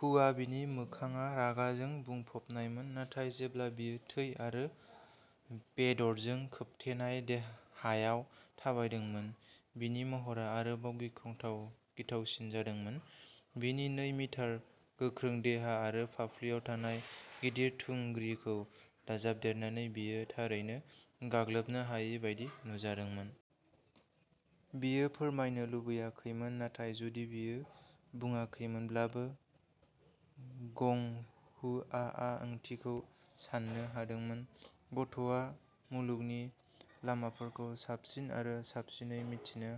हुआ, बिनि मोखांआ रागा जों बुंफबनायमोन, नाथाय जेब्ला बियो थै आरो बेदरजों खोबथेनाय हायाव थाबायदोंमोन, बिनि महरा आरोबाव गिथावसिन जादोंमोन। बिनि नै मिटार गोख्रों देहा आरो फाफ्लियाव थानाय गिदिर थुंग्रिखौ दाजाबदेरनानै, बियो थारैनो गाग्लोबनो हायै बायदि नुजादोंमोन। बियो फोरमायनो लुबैयाखैमोन, नाथाय जुदि बियो बुङाखैमोनब्लाबो, गं हुआआ ओंथिखौ साननो हादोंमोन। गथ'आ मुलुगनि लामाफोरखौ साबसिन आरो साबसिनै मिन्थिनो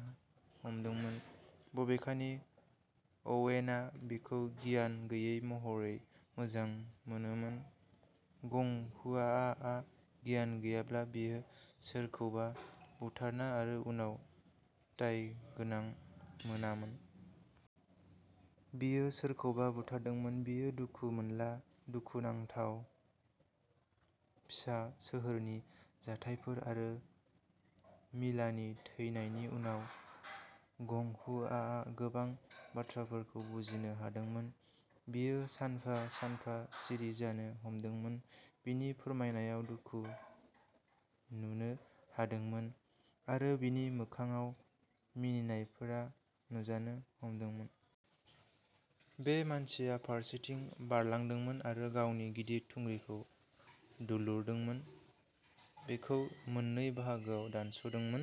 हमदोंमोन, बबेखानि अवेनआ बिखौ गियान गैयै महरै मोजां मोनोमोन। गं हुआआ गियान गैयाब्ला, बियो सोरखौबा बुथारना आरो उनाव दायगोनां मोनामोन। बियो सोरखौबा बुथारदोंमोन, बियो दुखु मोनला। दुखुनांथावै, फिसा सोहोरनि जाथायफोर आरो मिलानि थैनायनि उनाव, गं हुआआ गोबां बाथ्राफोरखौ बुजिनो हादोंमोन। बियो सानफा-सानफा सिरि जानो हमदोंमोन, बिनि फोरमायनायाव दुखु नुनो मोनदोंमोन आरो बिनि मोखांआव मिनिनायफोरा नुजानो हमथादोंमोन। बे मानसिया फारसेथिं बारलांदोंमोन आरो गावनि गिदिर थुंग्रिखौ दुलुरदोंमोन, बेखौ मोननै बाहागोआव दानस'दोंमोन।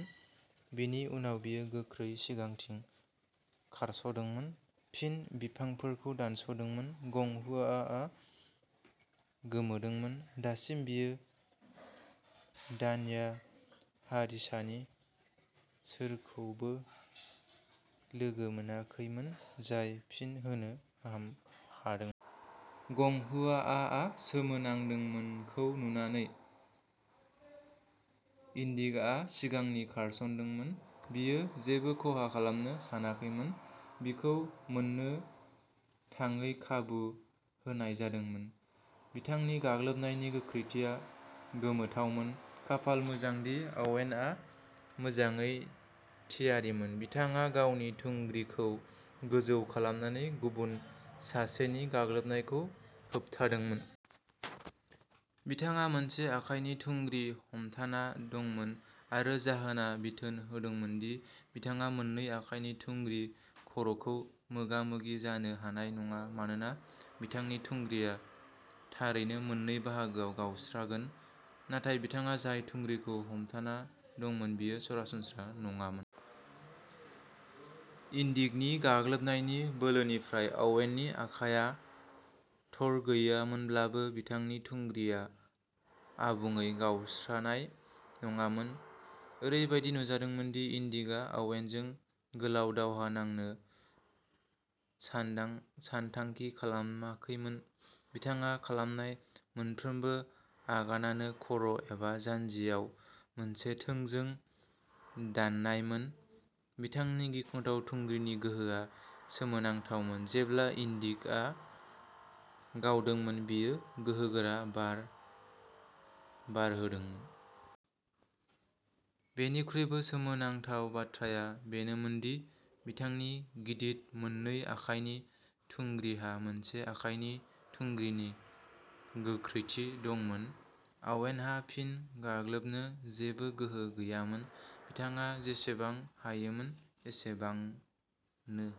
बिनि उनाव बियो गोख्रै सिगांथिं खारस'दोंमोन, फिन बिफांफोरखौ दानस'दोंमोन। गं हुआआ गोमोदोंमोन। दासिम, बियो दान्या हारिसानि सोरखौबो लोगो मोनाखैमोन जाय फिन होनो हादोंमोन। गं हुआआ सोमोनांदोंमोनखौ नुनानै, इन्दिग'आ सिगांथिं खारस'दोंमोन बियो जेबो खहा खालामनो सानाखैमोन। बिखौ मोननो थाङै खाबु होनाय जादोंमोन। बिथांनि गाग्लोबनायनि गोख्रैथिया गोमोथावमोन। खाफाल मोजांमोनदि, अवेनआ मोजाङै थियारिमोन। बिथाङा गावनि थुंग्रिखौ गोजौ खालामनानै गुबुन सासेनि गाग्लोबनायखौ होबथादोंमोन। बिथाङा मोनसे आखाइनि थुंग्रि हमथाना दंमोन, आरो जाहोनआ बिथोन होदोंमोन दि बिथाङा मोननै आखाइनि थुंग्रि खर'खौ मोगा-मोगि जानो हानाय नङा मानोना बिथांनि थुंग्रिआ थारैनो मोननै बाहागोआव गावस्रागोन। नाथाय बिथाङा जाय थुंग्रिखौ हमथाना दंमोन बेयो सरासनस्रा नङामोन। इन्दिग'नि गाग्लोबनायनि बोलोनिफ्राय अवेननि आखाइआ थरगैयैमोनब्लाबो, बिथांनि थुंग्रिआ आबुङै गावस्रानाय नङामोन। ओरैबायदि नुजादोंमोन दि इन्दिग'आ अवेनजों गोलाव दावहा नांनो सानथांखि खालामाखैमोन। बिथाङा खालामनाय मोनफ्रोमबो आगानानो खर' एबा जान्जियाव मोनसे थोंजों दाननायमोन। बिथांनि गिथाव थुंग्रिनि गोहोआ सोमोनांथावमोन; जेब्लाबो इन्दिग'आ गावदोंमोन बेयो गोहोगोरा बार बारहोदोंमोन। बेनिख्रुइबो सोमोनांथाव बाथ्राया बेनोमोन दि बिथांनि गिदिर मोननै आखाइनि थुंग्रिहा मोनसे आखाइनि थुंग्रिनि गोख्रैथि दंमोन। अवेनहा फिन गाग्लोबनो जेबो गोहो गैयामोन। बिथाङा जेसेबां हायोमोन एसेबांनो।